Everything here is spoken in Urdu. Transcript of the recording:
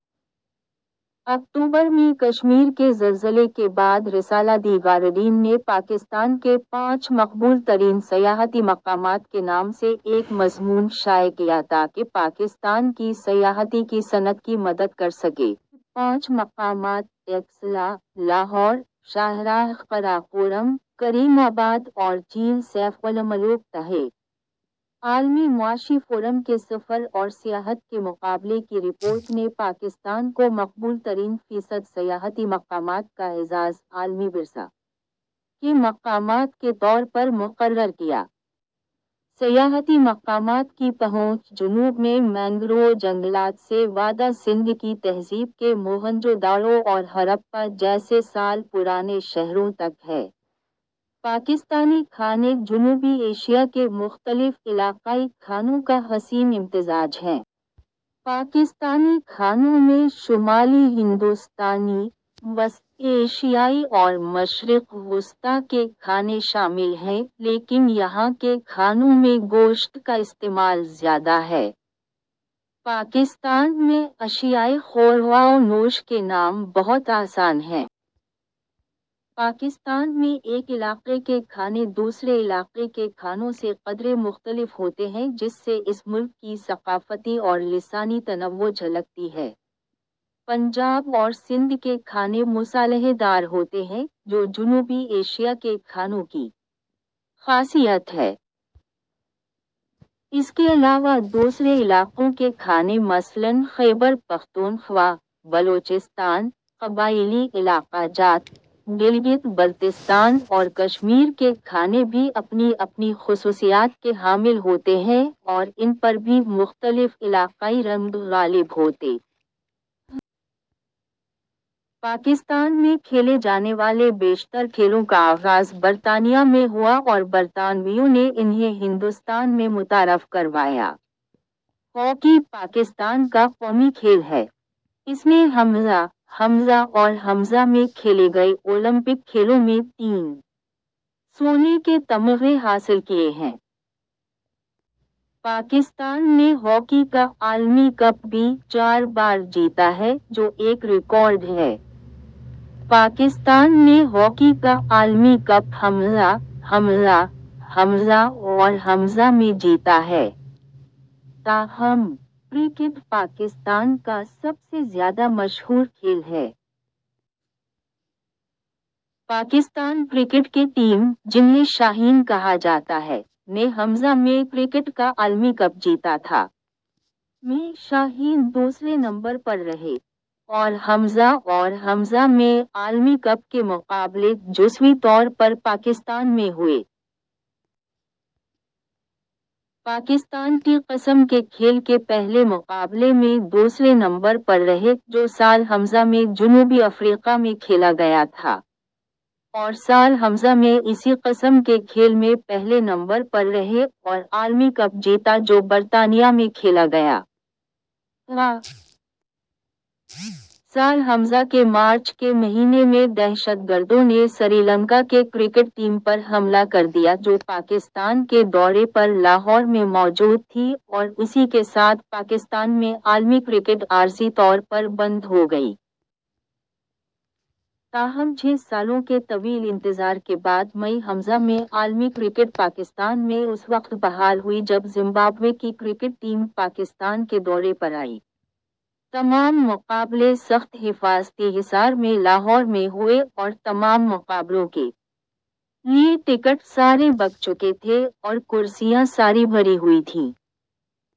اکتوبر ءمیں کشمیر کے زلزلے کے بعد رسالہ دی گارڈین نے پاکستان کے پانچ مقبول ترین سیاحتی مقامات کے نام سے ایک مضمون شائع کیا تاکہ پاکستان کی سیاحتی کی صنعت کی مدد کر سکے۔ یہ پانچ مقامات ٹیکسلا ، لاہور ، شاہراہ قراقرم ، کریم آباد اور جھیل سیف الملوک تہے۔ عالمی معاشی فورم کے سفر اور سیاحت کے مقابلے کی رپورٹ نے پاکستان کو مقبول ترین فیصد سیاحتی مقامات کا اعزاز عالمی ورثہ کے مقامات کے طور پر مقرر کیا۔ سیاحتی مقامات کی پہنچ جنوب میں مینگروو جنگلات سے وادئ سندھ کی تہذیب کے موہنجو داڑو اور ہڑپہ جیسے سال پرانے شہروں تک ہے۔ پاکستانی کھانے جنوبی ایشیا کے مختلف علاقائی کھانوں کا حسین امتزاج ہیں۔ پاکستانی کھانوں میں شمالی ھندوستانی، وسط ایشیائی اور مشرق وسطیٰ کے کھانے شامل ہیں لیکن یہاں کے کھانوں میں گوشت کا استعمال زیادہ ہے۔ پاکستان میں اشیائے خور و نوش کے نام بہت آسان ہیں۔ پاکستان میں ایک علاقے کے کھانے دوسرے علاقے کے کھانوں سے قدرے مختلف ہوتے ہیں جس سے اس ملک کی ثقافتی اور لسانی تنوع جھلکتی ہے۔ پنجاب اور سندھ کے کھانے مصالحے دار ہوتے ہیں جو جنوبی ایشیا کے کھانوں کی خاصیت ہے۔ اس کے علاوہ دوسرے علاقوں کے کھانے مثلاً خیبر پختونخوا، بلوچستان، قبائیلی علاقہ جات، گلگت بلتستان اور کشمیر کے کھانے بھی اپنی اپنی خصوصیات کے حامل ہوتے ہیں اور ان پر بھی مختلف علاقائی رنگ غالب ہوتے ہیں۔ پاکستان میں کھیلے جانے والے بیشتر کھیلوں کا آغاز برطانیہ میں ہوا اور برطانویوں نے انھیں ہندوستان میں متعارف کروایا۔ ہاکی پاکستان کا قومی کھیل ہے۔ اس نے ء، ء اور ء میں کھیلے گئے اولمپک کھیلوں میں تین سونے کے طمغے حاصل کیے ہیں۔ پاکستان نے ہاکی کا عالمی کپ بھی چار بار جیتا ہے جو ایک ریکارڈ ہے۔ پاکستان نے ہاکی کا عالمی کپ ء، ء، ء اور ء میں جیتا ہے۔ تاہم، کرکٹ پاکستان کا سب سے زیادہ مشہور کھیل ہے۔ پاکستان کرکٹ کے ٹیم، جنھیں شاہین کہا جاتا ہے، نے ء میں کرکٹ کا عالمی کپ جیتا تھا۔ ءمیں شاھین دوسرے نمبر پر رہے۔ اور ء اور ء میں عالمی کپ کے مقابلے جزوی طور پر پاکستان میں ہوئے۔ پاکستان ٹی قسم کے کھیل کے پہلے مقابلے میں دوسرے نمبر پر رہے جو سال ء میں جنوبی افریقا میں کھیلا گیا تھا۔ اور سال ء میں اسی قسم کے کھیل میں پہلے نمبر پر رہے اور عالمی کپ جیتا جو برطانیہ میں کھیلا گیا تھا۔ سال ء کے مارچ کے مہینے میں دہشت گردوں نے سری لنکا کے کرکٹ ٹیم پر حملہ کر دیا جو پاکستان کے دورے پر لاہور میں موجود تھی اور اسی کے ساتھ پاکستان میں عالمی کرکٹ عارضی طور پر بند ہو گئی۔ تاہم چھ سالوں کے طویل انتظار کے بعد مئی ء میں عالمی کرکٹ پاکستان میں اس وقت بحال ہوئی جب زمبابوے کی کرکٹ ٹیم پاکستان کے دورے پر آئی۔ تمام مقابلے سخت حفاظتی حصار میں لاہور میں ہوئے اور تمام مقابلوں کے لیے ٹکٹ سارے بک چکے تھے اور کرسیاں ساری بھری ہوئی تھیں۔